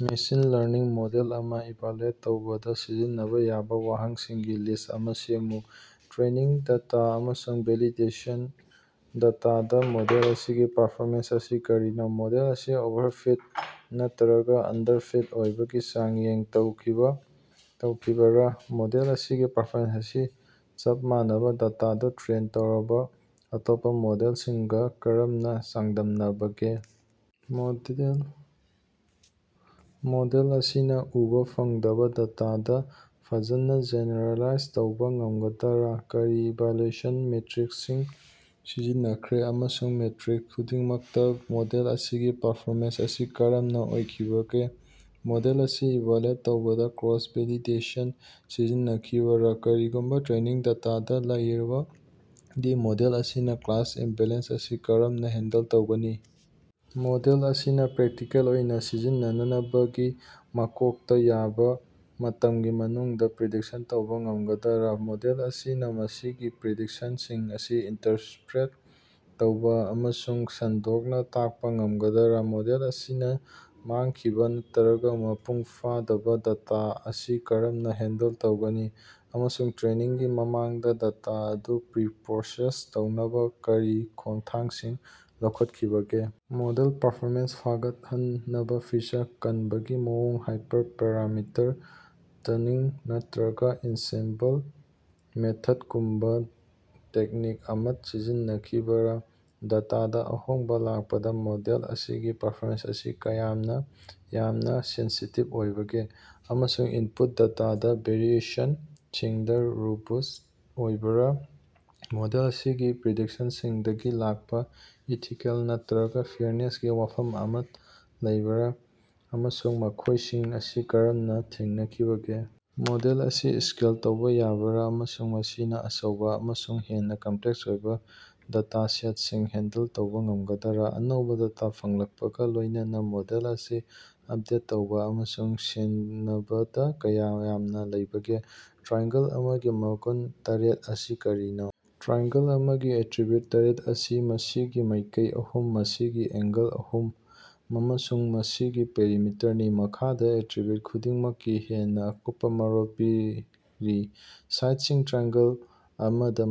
Machine learning model ꯑꯃ evaluate ꯇꯧꯕꯗ ꯁꯤꯖꯤꯟꯅꯕ ꯌꯥꯕ ꯋꯥꯍꯪꯁꯤꯡꯒꯤ ꯂꯤꯁ꯭ꯠ ꯑꯃ ꯁꯦꯝꯃꯨ꯫ ꯇ꯭ꯔꯦꯅꯤꯡ ꯗꯦꯇꯥ ꯑꯃꯁꯨꯡ ꯚꯦꯂꯤꯗꯦꯁꯟ ꯗꯦꯇꯥꯗ ꯃꯣꯗꯦꯜ ꯑꯁꯤꯒꯤ ꯄꯔꯐꯣꯃꯦꯟꯁ ꯑꯁꯤ ꯀꯔꯤꯅꯣ? ꯃꯣꯗꯦꯜ ꯑꯁꯤ ꯑꯣꯚꯔꯐꯤꯠ ꯅꯠꯇꯔꯒ ꯑꯟꯗꯔꯐꯤꯠ ꯑꯣꯏꯕꯒꯤ ꯆꯥꯡꯌꯦꯡ ꯇꯧꯈꯤꯕꯔꯥ? ꯃꯣꯗꯦꯜ ꯑꯁꯤꯒꯤ ꯄꯔꯐꯣꯃꯦꯟꯁ ꯑꯁꯤ ꯆꯞ ꯃꯥꯟꯅꯕ ꯗꯦꯇꯥꯗ ꯇ꯭ꯔꯦꯟ ꯇꯧꯔꯕ ꯑꯇꯣꯞꯄ ꯃꯣꯗꯦꯜꯁꯤꯡꯒ ꯀꯔꯝꯅ ꯆꯥꯡꯗꯝꯅꯕꯒꯦ? ꯃꯣꯗꯦꯜ ꯑꯁꯤꯅ‌ ꯎꯕꯥ ꯐꯪꯗꯕ ꯗꯦꯇꯥꯗ ꯐꯖꯅ ꯖꯦꯅꯦꯔꯦꯂꯥꯏꯖ ꯇꯧꯕ ꯉꯝꯒꯗ꯭ꯔꯥ? ꯀꯔꯤ ꯏꯚꯥꯂꯨꯑꯦꯁꯟ ꯃꯦꯇꯔꯤꯛꯁꯤꯡ ꯁꯤꯖꯤꯟꯅꯈ꯭ꯔꯦ ꯑꯃꯁꯨꯡ ꯃꯦꯇꯔꯤꯛ ꯈꯨꯗꯤꯡꯃꯛꯇ‌ ꯃꯣꯗꯦꯜ ꯑꯁꯤꯒꯤ ꯄꯔꯐꯣꯃꯦꯟꯁ ꯑꯁꯤ ꯀꯔꯝꯅ ꯑꯣꯏꯈꯤꯕꯒꯦ? ꯃꯣꯗꯦꯜ ꯑꯁꯤ ꯏꯚꯥꯂꯨꯑꯦꯠ ꯇꯧꯕꯗ ꯀ꯭ꯔꯣꯁ-ꯚꯦꯂꯤꯗꯦꯁꯟ ꯁꯤꯖꯤꯟꯅꯈꯤꯕꯔꯥ? ꯀꯔꯤꯒꯨꯝꯕ ꯇ꯭ꯔꯦꯅꯤꯡ ꯗꯦꯇꯥꯗ‌ ꯂꯩꯔꯕꯗꯤ ꯃꯣꯗꯦꯜ ꯑꯁꯤꯅ ꯀ꯭ꯂꯥꯁ ꯏꯝꯕꯦꯂꯦꯟꯁ ꯑꯁꯤ ꯀꯔꯝꯅ ꯍꯦꯟꯗꯜ ꯇꯧꯒꯅꯤ? ꯃꯣꯗꯦꯜ ꯑꯁꯤꯅ ꯄ꯭ꯔꯦꯛꯇꯤꯀꯦꯜ ꯑꯣꯏꯅ ꯁꯤꯖꯤꯟꯅꯅꯕꯒꯤꯗꯃꯛ ꯌꯥꯕ ꯃꯇꯝꯒꯤ ꯃꯅꯨꯡꯗ‌ ꯄ꯭ꯔꯤꯗꯤꯛꯁꯟ ꯇꯧꯕ ꯉꯝꯒꯗ꯭ꯔꯥ? ꯃꯣꯗꯦꯜ ꯑꯁꯤꯅ ꯃꯁꯤꯒꯤ ꯄ꯭ꯔꯤꯗꯤꯛꯁꯟꯁꯤꯡ ꯑꯁꯤ ꯏꯟꯇꯔꯞ꯭ꯔꯥꯏꯖ ꯇꯧꯕ ꯑꯃꯁꯨꯡ ꯁꯟꯗꯣꯛꯅ ꯇꯥꯛꯄ ꯉꯝꯒꯗ꯭ꯔꯥ? ꯃꯣꯗꯦꯜ ꯑꯁꯤꯅ ꯃꯥꯡꯈꯤꯕ ꯅꯠꯇꯔꯒ ꯃꯄꯨꯡ ꯐꯥꯗꯕ ꯗꯦꯇꯥ ꯑꯁꯤ ꯀꯔꯝꯅ‌ ꯍꯦꯟꯗꯜ ꯇꯧꯒꯅꯤ, ꯑꯃꯁꯨꯡ ꯇ꯭ꯔꯦꯅꯤꯡꯒꯤ ꯃꯃꯥꯡꯗ ꯗꯦꯇꯥ ꯑꯗꯨ ꯄ꯭ꯔꯤꯄꯔꯣꯁꯦꯁ ꯇꯧꯅꯕ ꯀꯔꯤ ꯈꯣꯡꯊꯥꯡꯁꯤꯡ ꯂꯧꯈꯠꯈꯤꯕꯒꯦ? ꯃꯣꯗꯦꯜ ꯄꯔꯐꯣꯃꯦꯟꯁ ꯐꯒꯠꯍꯟꯅꯕ ꯐꯤꯆꯔ ꯈꯟꯕꯒꯤ ꯃꯑꯣꯡ, ꯍꯥꯏꯄꯔꯄꯦꯔꯥꯃꯤꯇꯔ ꯇ꯭ꯌꯨꯅꯤꯡ, ꯅꯠꯇꯔꯒ ꯑꯦꯟꯁꯦꯝꯕꯜ ꯃꯦꯊꯗꯒꯨꯝꯕ ꯇꯦꯛꯅꯤꯛ ꯑꯃꯠ ꯁꯤꯖꯤꯟꯅꯈꯤꯕꯔꯥ? ꯗꯦꯇꯥꯗ ꯑꯍꯣꯡꯕꯥ ꯂꯥꯛꯄꯗ ꯃꯣꯗꯦꯜ ꯑꯁꯤꯒꯤ ꯄꯔꯐꯣꯃꯦꯟꯁ ꯑꯁꯤ ꯀꯌꯥ ꯌꯥꯝꯅ ꯁꯦꯟꯁꯤꯇꯤꯕ ꯑꯣꯏꯕꯒꯦ, ꯑꯃꯁꯨꯡ ꯏꯟꯄꯨꯠ ꯗꯦꯇꯥꯗ ꯚꯦꯔꯤꯑꯦꯁꯟꯁꯤꯡꯗ ꯔꯣꯕꯁ꯭ꯠ ꯑꯣꯏꯕꯔꯥ? ꯃꯣꯗꯦꯜ ꯑꯁꯤꯒꯤ ꯄ꯭ꯔꯤꯗꯤꯛꯁꯟꯁꯤꯡꯗꯒꯤ ꯂꯥꯛꯄ ꯏꯊꯤꯀꯦꯜ ꯅꯠꯇꯔꯒ ꯐꯦꯌꯔꯅꯦꯁꯀꯤ ꯋꯥꯐꯝ ꯑꯃꯠꯇ ꯂꯩꯕꯔꯥ, ꯑꯃꯁꯨꯡ ꯃꯈꯣꯏꯁꯤꯡ ꯑꯁꯤ ꯀꯔꯝꯅ ꯊꯦꯡꯅꯈꯤꯕꯒꯦ? ꯃꯣꯗꯦꯜ ꯑꯁꯤ ꯁ꯭ꯀꯦꯜ ꯇꯧꯕ ꯌꯥꯕꯥꯔ, ꯑꯃꯁꯨꯡ ꯃꯁꯤꯅ ꯑꯆꯧꯕ ꯑꯃꯁꯨꯡ ꯍꯦꯟꯅ ꯀꯝꯄꯂꯦꯛꯁ ꯑꯣꯏꯕ ꯗꯦꯇꯥꯁꯦꯠꯁꯤꯡ ꯍꯦꯟꯗꯜ ꯇꯧꯕ ꯉꯝꯒꯗ꯭ꯔꯥ? ꯑꯅꯧꯕ ꯗꯦꯇꯥ ꯐꯪꯂꯛꯄꯒ ꯂꯣꯏꯅꯅ ꯃꯣꯗꯦꯜ ꯑꯁꯤ ꯑꯞꯗꯦꯠ ꯇꯧꯕ ꯑꯃꯁꯨꯡ ꯁꯦꯟꯅꯕꯗ ꯀꯌꯥ ꯌꯥꯝꯅ ꯂꯥꯏꯕꯒꯦ? ꯇ꯭ꯔꯥꯏꯑꯦꯡꯒꯜ ꯑꯃꯒꯤ ꯃꯒꯨꯟ ꯇꯔꯦꯠ ꯑꯁꯤ ꯀꯔꯤꯅꯣ? ꯇ꯭ꯔꯥꯏꯑꯦꯡꯒꯜ ꯑꯃꯒꯤ ꯑꯦꯇꯔꯤꯕꯤꯎꯠ ꯇꯔꯦꯠ ꯑꯁꯤ ꯃꯁꯤꯒꯤ ꯃꯥꯏꯀꯩ ꯑꯍꯨꯝ, ꯃꯁꯤꯒꯤ ꯑꯦꯡꯒꯜ ꯑꯍꯨꯝ ꯑꯃꯁꯨꯡ ꯃꯁꯤꯒꯤ ꯄꯦꯔꯤꯃꯤꯇꯔꯅꯤ꯫ ꯃꯈꯥꯗ ꯑꯦꯇꯔꯤꯕꯤꯎꯠ ꯈꯨꯗꯤꯡꯃꯛꯀꯤ ꯍꯦꯟꯅ ꯑꯀꯨꯞꯄꯥ ꯃꯔꯣꯜ ꯄꯤꯔꯤ - ꯁꯥꯏꯗꯁꯤꯡ - ꯇ꯭ꯔꯥꯏꯑꯦꯡꯒꯜ ꯑꯃꯗ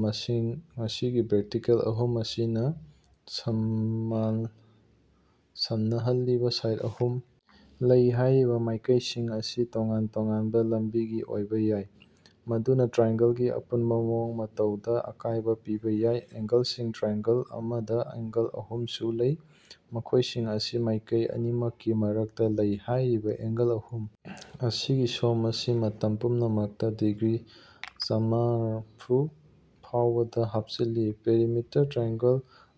ꯃꯁꯤꯒꯤ ꯚꯔꯇꯤꯀꯦꯜ ꯑꯍꯨꯝ ꯑꯁꯤ ꯁꯝꯅꯍꯜꯂꯤꯕ ꯁꯥꯏꯗ ꯑꯍꯨꯝ ꯂꯩ꯫ ꯍꯥꯏꯔꯤꯕ ꯃꯥꯏꯀꯩꯁꯤꯡ ꯑꯁꯤ ꯇꯣꯉꯥꯟ ꯇꯣꯉꯥꯟꯕ ꯂꯝꯕꯤꯒꯤ ꯑꯣꯏꯕ ꯌꯥꯏ, ꯃꯗꯨꯅ ꯇ꯭ꯔꯥꯏꯑꯦꯡꯒꯜꯒꯤ ꯑꯄꯨꯟꯕ ꯃꯑꯣꯡ ꯃꯇꯧꯗ ꯑꯀꯥꯏꯕ ꯄꯤꯕ ꯌꯥꯏ꯫ ꯑꯦꯡꯒꯜꯁꯤꯡ - ꯇ꯭ꯔꯥꯏꯑꯦꯡꯒꯜ ꯑꯃꯗ ꯑꯦꯡꯒꯜ ꯑꯍꯨꯝꯁꯨ ꯂꯩ, ꯃꯈꯣꯏꯁꯤꯡ ꯑꯁꯤ ꯃꯥꯏꯀꯩ ꯑꯅꯤꯃꯛꯀꯤ ꯃꯔꯛꯇ ꯂꯩ꯫ ꯍꯥꯏꯔꯤꯕ ꯑꯦꯡꯒꯜ ꯑꯍꯨꯝ ꯑꯁꯤꯒꯤ ꯁꯣꯝ ꯑꯁꯤ ꯃꯇꯝ ꯄꯨꯝꯅꯃꯛꯇ ꯗꯤꯒ꯭ꯔꯤ ꯆꯥꯝꯃꯔꯥꯐꯨ ꯐꯥꯎꯕ ꯍꯥꯞꯆꯤꯜꯂꯤ꯫ ꯄꯦꯔꯤꯃꯤꯇꯔ - ꯇ꯭ꯔꯥꯏꯑꯦꯡꯒꯜ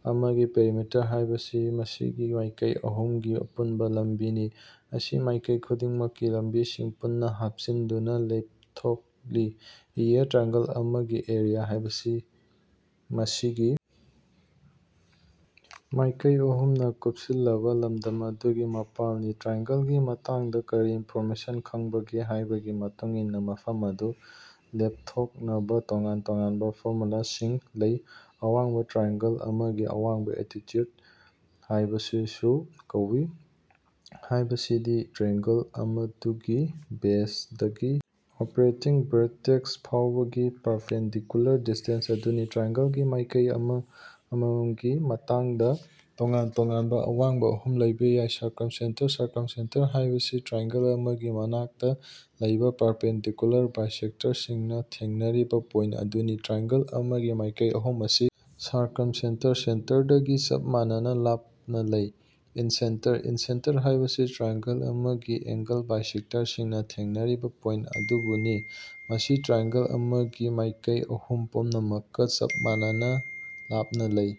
ꯑꯃꯒꯤ ꯄꯦꯔꯤꯃꯤꯇꯔ ꯍꯥꯏꯕꯁꯤ ꯃꯁꯤꯒꯤ ꯃꯥꯏꯀꯩ ꯑꯍꯨꯝꯒꯤ ꯑꯄꯨꯟꯕ ꯂꯝꯕꯤꯅꯤ꯫ ꯃꯁꯤ ꯃꯥꯏꯀꯩ ꯈꯨꯗꯤꯡꯃꯛꯀꯤ ꯂꯝꯕꯤꯁꯤꯡ ꯄꯨꯟꯅ ꯍꯥꯞꯆꯤꯟꯗꯨꯅ ꯂꯦꯞꯊꯣꯛꯏ꯫ ꯑꯦꯔꯤꯌꯥ -ꯇ꯭ꯔꯥꯏꯑꯦꯡꯒꯜ ꯑꯃꯒꯤ ꯑꯦꯔꯤꯌꯥ ꯍꯥꯏꯕꯁꯤ ꯃꯁꯤꯒꯤ ꯃꯥꯏꯀꯩ ꯑꯍꯨꯝꯅ ꯀꯨꯞꯁꯤꯜꯂꯕ ꯂꯝꯗꯝ ꯑꯗꯨꯒꯤ ꯃꯥꯄꯜꯅꯤ꯫ ꯇ꯭ꯔꯥꯏꯑꯦꯡꯒꯜꯒꯤ ꯃꯇꯥꯡꯗ ꯀꯔꯤ ꯏꯟꯐꯣꯔꯃꯦꯁꯟ ꯈꯡꯕꯒꯦ ꯍꯥꯏꯕꯒꯤ ꯃꯇꯨꯡ ꯏꯟꯅ ꯃꯐꯝ ꯑꯗꯨ ꯂꯦꯞꯊꯣꯛꯅꯕ ꯇꯣꯉꯥꯟ ꯇꯣꯉꯥꯟꯕ ꯐꯣꯔꯃꯨꯂꯥꯁꯤꯡ ꯂꯩ꯫ ꯑꯋꯥꯡꯕ - ꯇ꯭ꯔꯥꯏꯑꯦ꯫ꯒꯜ ꯑꯃꯒꯤ ꯑꯋꯥꯡꯕ, ꯑꯜꯇꯤꯆꯨꯗ ꯍꯥꯏꯅꯥꯁꯨ ꯀꯧꯏ ꯍꯥꯌꯕꯁꯤ ꯇ꯭ꯔꯥꯏꯑꯦꯡꯒꯜ ꯑꯗꯨꯒꯤ ꯕꯦꯖꯗꯒꯤ ꯑꯣꯄ꯭ꯔꯦꯇꯤꯡ ꯚꯦꯔꯇꯦꯛꯁ ꯐꯥꯎꯕꯒꯤ ꯄꯥꯔꯄꯦꯟꯗꯤꯀꯨꯂꯥꯔ ꯗꯤꯁ꯭ꯇꯦꯟꯁ ꯑꯗꯨꯅꯤ꯫ ꯇ꯭ꯔꯥꯏꯑꯦꯡꯒꯜꯒꯤ ꯃꯥꯏꯀꯩ ꯑꯃꯃꯝꯒꯤ ꯃꯇꯥꯡꯗ ꯇꯣꯉꯥꯟ ꯇꯣꯉꯥꯟꯕ ꯑꯋꯥꯡꯕ ꯑꯍꯨꯝ ꯂꯩꯕ ꯌꯥꯏ꯫ ꯁꯔꯀꯝꯁꯦꯟꯇꯔ- ꯁꯔꯀꯝꯁꯦꯟꯇꯔ ꯍꯥꯏꯕꯁꯤ ꯇ꯭ꯔꯥꯏꯑꯦꯡꯒꯜ ꯑꯃꯒꯤ ꯃꯅꯥꯛꯇ ꯂꯩꯕ ꯄꯥꯔꯄꯦꯟꯗꯤꯀꯨꯂꯥꯔ ꯕꯥꯏꯁꯦꯛꯇꯔꯁꯤꯡꯅ ꯊꯦꯡꯅꯔꯤꯕ ꯄꯣꯏꯟꯇ ꯑꯗꯨꯅꯤ꯫ ꯇ꯭ꯔꯥꯏꯑꯦꯡꯒꯜ ꯑꯃꯒꯤ ꯃꯥꯏꯀꯩ ꯑꯍꯨꯝ ꯑꯁꯤ ꯁꯔꯀ꯭ꯌꯨꯏꯟꯇ ꯁꯦꯟꯇꯔꯗꯒꯤ ꯆꯞ ꯃꯥꯟꯅꯕ ꯂꯥꯞꯅ ꯂꯩ꯫ ꯏꯟꯁꯦꯟꯇꯔ -ꯏꯟꯁꯦꯟꯇꯔ ꯍꯥꯏꯕꯁꯤ ꯇ꯭ꯔꯥꯏꯑꯦꯡꯒꯜ ꯑꯃꯒꯤ ꯑꯦꯡꯒꯜ ꯕꯥꯏꯁꯦꯛꯇꯔꯁꯤꯡꯅ ꯊꯦꯡꯅꯔꯤꯕ ꯄꯣꯏꯟꯇ ꯑꯗꯨꯕꯨꯅꯤ꯫ ꯃꯁꯤ ꯇ꯭ꯔꯤꯑꯦꯡꯒꯜ ꯑꯃꯒꯤ ꯃꯥꯏꯀꯩ ꯑꯍꯨꯝ ꯄꯨꯝꯅꯃꯛꯀ ꯆꯞ ꯃꯥꯟꯅꯅꯥ ꯂꯥꯞꯅ ꯂꯩ꯫